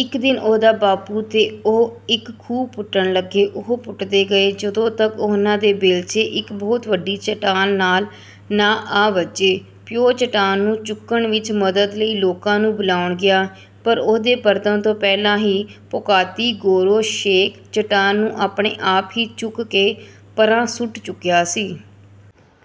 ਇੱਕ ਦਿਨ ਉਹਦਾ ਬਾਪੂ ਤੇ ਉਹ ਇੱਕ ਖੂਹ ਪੁੱਟਣ ਲੱਗੇ। ਉਹ ਪੁੱਟਦੇ ਗਏ, ਜਦੋਂ ਤੱਕ ਉਹਨਾਂ ਦੇ ਬੇਲਚੇ ਇੱਕ ਬਹੁਤ ਵੱਡੀ ਚਟਾਨ ਨਾਲ ਨਾ ਆ ਵੱਜੇ। ਪਿਓ ਚਟਾਨ ਨੂੰ ਚੁੱਕਣ ਵਿੱਚ ਮਦਦ ਲਈ ਲੋਕਾਂ ਨੂੰ ਬੁਲਾਣ ਗਿਆ, ਪਰ ਉਹਦੇ ਪਰਤਣ ਤੋਂ ਪਹਿਲਾਂ ਹੀ ਪੋਕਾਤੀ-ਗੋਰੋਸ਼ੇਕ ਚਟਾਨ ਨੂੰ ਆਪਣੇ ਆਪ ਹੀ ਚੁੱਕ ਕੇ ਪਰ੍ਹਾਂ ਸੁੱਟ ਚੁੱਕਿਆ ਸੀ।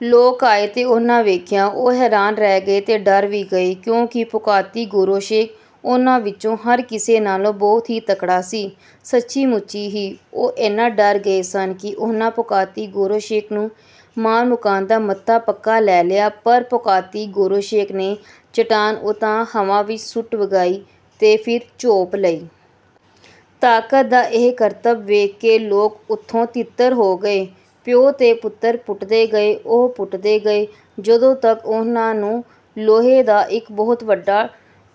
ਲੋਕ ਆਏ ਤੇ ਉਹਨਾਂ ਵੇਖਿਆ। ਉਹ ਹੈਰਾਨ ਰਹਿ ਗਏ ਤੇ ਡਰ ਵੀ ਗਏ, ਕਿਉਂਕਿ ਪੋਕਾਤੀ-ਗੋਰੋਸ਼ੇਕ ਉਹਨਾਂ ਵਿੱਚੋਂ ਹਰ ਕਿਸੇ ਨਾਲੋਂ ਬਹੁਤ ਹੀ ਤਕੜਾ ਸੀ। ਸੱਚੀ-ਮੁੱਚੀ ਹੀ, ਉਹ ਐਨਾ ਡਰ ਗਏ ਸਨ ਕਿ ਉਹਨਾਂ ਪੋਕਾਤੀ-ਗੋਰੋਸ਼ੇਕ ਨੂੰ ਮਾਰ-ਮੁਕਾਣ ਦਾ ਮਤਾ ਪੱਕਾ ਲੈ ਲਿਆ ਪਰ ਪੋਕਾਤੀ-ਗੋਰੋਸ਼ੇਕ ਨੇ ਚਟਾਨ ਉਤਾਂਹ ਹਵਾ ਵਿੱਚ ਸੁੱਟ ਵਗਾਈ ਤੇ ਫਿਰ ਝੋਪ ਲਈ। ਤਾਕਤ ਦਾ ਇਹ ਕਰਤਬ ਵੇਖ ਕੇ ਲੋਕ ਓਥੋਂ ਤਿੱਤਰ ਹੋ ਗਏ। ਪਿਓ ਤੇ ਪੁੱਤਰ ਪੁੱਟਦੇ ਗਏ। ਉਹ ਪੁੱਟਦੇ ਗਏ, ਜਦੋਂ ਤੱਕ ਉਹਨਾਂ ਨੂੰ ਲੋਹੇ ਦਾ ਇੱਕ ਬਹੁਤ ਵੱਡਾ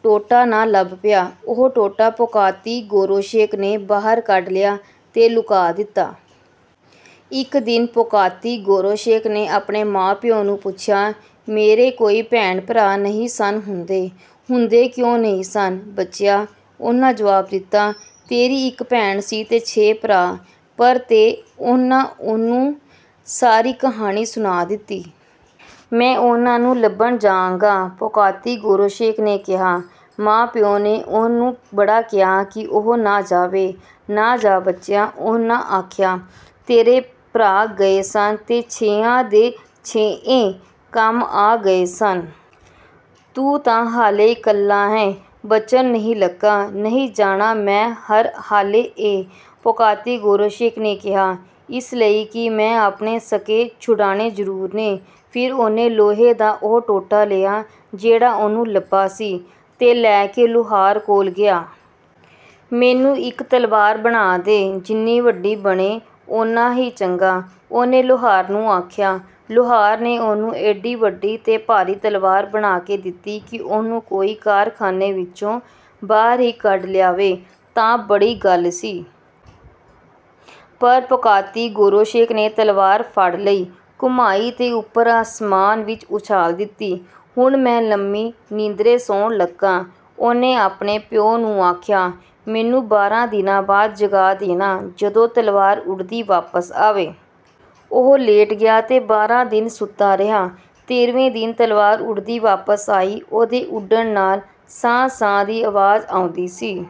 ਟੋਟਾ ਨਾ ਲੱਭ ਪਿਆ। ਉਹ ਟੋਟਾ ਪੋਕਾਤੀ-ਗੋਰੋਸ਼ੇਕ ਨੇ ਬਾਹਰ ਕੱਢ ਲਿਆ ਤੇ ਲੁਕਾ ਦਿੱਤਾ। ਇੱਕ ਦਿਨ ਪੋਕਾਤੀ-ਗੋਰੋਸ਼ੇਕ ਨੇ ਆਪਣੇ ਮਾਂ-ਪਿਉ ਨੂੰ ਪੁੱਛਿਆ, “ਮੇਰੇ ਕੋਈ ਭੈਣ-ਭਰਾ ਨਹੀਂ ਸਨ ਹੁੰਦੇ?” “ਹੁੰਦੇ ਕਿਉਂ ਨਹੀਂ ਸਨ, ਬਚਿਆ,” ਉਹਨਾਂ ਜਵਾਬ ਦਿੱਤਾ। “ਤੇਰੀ ਇੱਕ ਭੈਣ ਸੀ ਤੇ ਛੇ ਭਰਾ, ਪਰ…” ਤੇ ਉਹਨਾਂ ਉਹਨੂੰ ਸਾਰੀ ਕਹਾਣੀ ਸੁਣਾ ਦਿੱਤੀ। “ਮੈਂ ਉਹਨਾਂ ਨੂੰ ਲੱਭਣ ਜਾਂਗਾ,” ਪੋਕਾਤੀ-ਗੋਰੋਸ਼ੇਕ ਨੇ ਕਿਹਾ। ਮਾਂ-ਪਿਉ ਨੇ ਉਹਨੂੰ ਬੜਾ ਕਿਹਾ ਕਿ ਉਹ ਨਾ ਜਾਵੇ। “ਨਾ ਜਾ, ਬਚਿਆ,” ਉਹਨਾਂ ਆਖਿਆ। “ਤੇਰੇ ਭਰਾ ਗਏ ਸਨ ਤੇ ਛੇਆਂ ਦੇ ਛੇਏਂ ਕੰਮ ਆ ਗਏ ਸਨ। ਤੂੰ ਤਾਂ ਹਾਲੇ ਇਕੱਲਾ ਏਂ, ਬਚਣ ਨਹੀਂ ਲੱਗਾ।” “ਨਹੀਂ, ਜਾਣਾ ਮੈਂ ਹਰ ਹਾਲੇ ਏ,” ਪੋਕਾਤੀ-ਗੋਰੋਸ਼ੇਕ ਨੇ ਕਿਹਾ। “ਇਸ ਲਈ ਕਿ ਮੈਂ ਆਪਣੇ ਸਕੇ ਛੁਡਾਣੇ ਜ਼ਰੂਰ ਨੇ।” ਫਿਰ ਉਹਨੇ ਲੋਹੇ ਦਾ ਉਹ ਟੋਟਾ ਲਿਆ, ਜਿਹੜਾ ਉਹਨੂੰ ਲੱਭਾ ਸੀ, ਤੇ ਲੈ ਕੇ ਲੁਹਾਰ ਕੋਲ ਗਿਆ। “ਮੈਨੂੰ ਇੱਕ ਤਲਵਾਰ ਬਣਾ ਦੇ। ਜਿੰਨੀ ਵੱਡੀ ਬਣੇ, ਓਨਾ ਹੀ ਚੰਗਾ!” ਉਹਨੇ ਲੁਹਾਰ ਨੂੰ ਆਖਿਆ। ਲੁਹਾਰ ਨੇ ਉਹਨੂੰ ਐਡੀ ਵੱਡੀ ਤੇ ਭਾਰੀ ਤਲਵਾਰ ਬਣਾ ਕੇ ਦਿੱਤੀ ਕਿ ਉਹਨੂੰ ਕੋਈ ਕਾਰਖਾਨੇ ਵਿੱਚੋਂ ਬਾਹਰ ਹੀ ਕੱਢ ਲਿਆਵੇ, ਤਾਂ ਬੜੀ ਗੱਲ ਸੀ। ਪਰ ਪੋਕਾਤੀ-ਗੋਰੋਸ਼ੇਕ ਨੇ ਤਲਵਾਰ ਫੜ ਲਈ, ਘੁਮਾਈ ਤੇ ਉੱਪਰ ਅਸਮਾਨ ਵਿੱਚ ਉਛਾਲ ਦਿੱਤੀ। “ਹੁਣ ਮੈਂ ਲੰਮੀ ਨੀਂਦਰੇ ਸੌਣ ਲੱਗਾਂ,” ਉਹਨੇ ਆਪਣੇ ਪਿਉ ਨੂੰ ਆਖਿਆ। “ਮੈਨੂੰ ਬਾਰਾਂ ਦਿਨਾਂ ਬਾਅਦ ਜਗਾ ਦੇਣਾ, ਜਦੋਂ ਤਲਵਾਰ ਉੱਡਦੀ ਵਾਪਸ ਆਵੇ।” ਉਹ ਲੇਟ ਗਿਆ ਤੇ ਬਾਰਾਂ ਦਿਨ ਸੁੱਤਾ ਰਿਹਾ। ਤੇਰ੍ਹਵੇਂ ਦਿਨ ਤਲਵਾਰ ਉੱਡਦੀ ਵਾਪਸ ਆਈ। ਉਹਦੇ ਉੱਡਣ ਨਾਲ ਸਾਂ-ਸਾਂ ਦੀ ਆਵਾਜ਼ ਆਉਂਦੀ ਸੀ।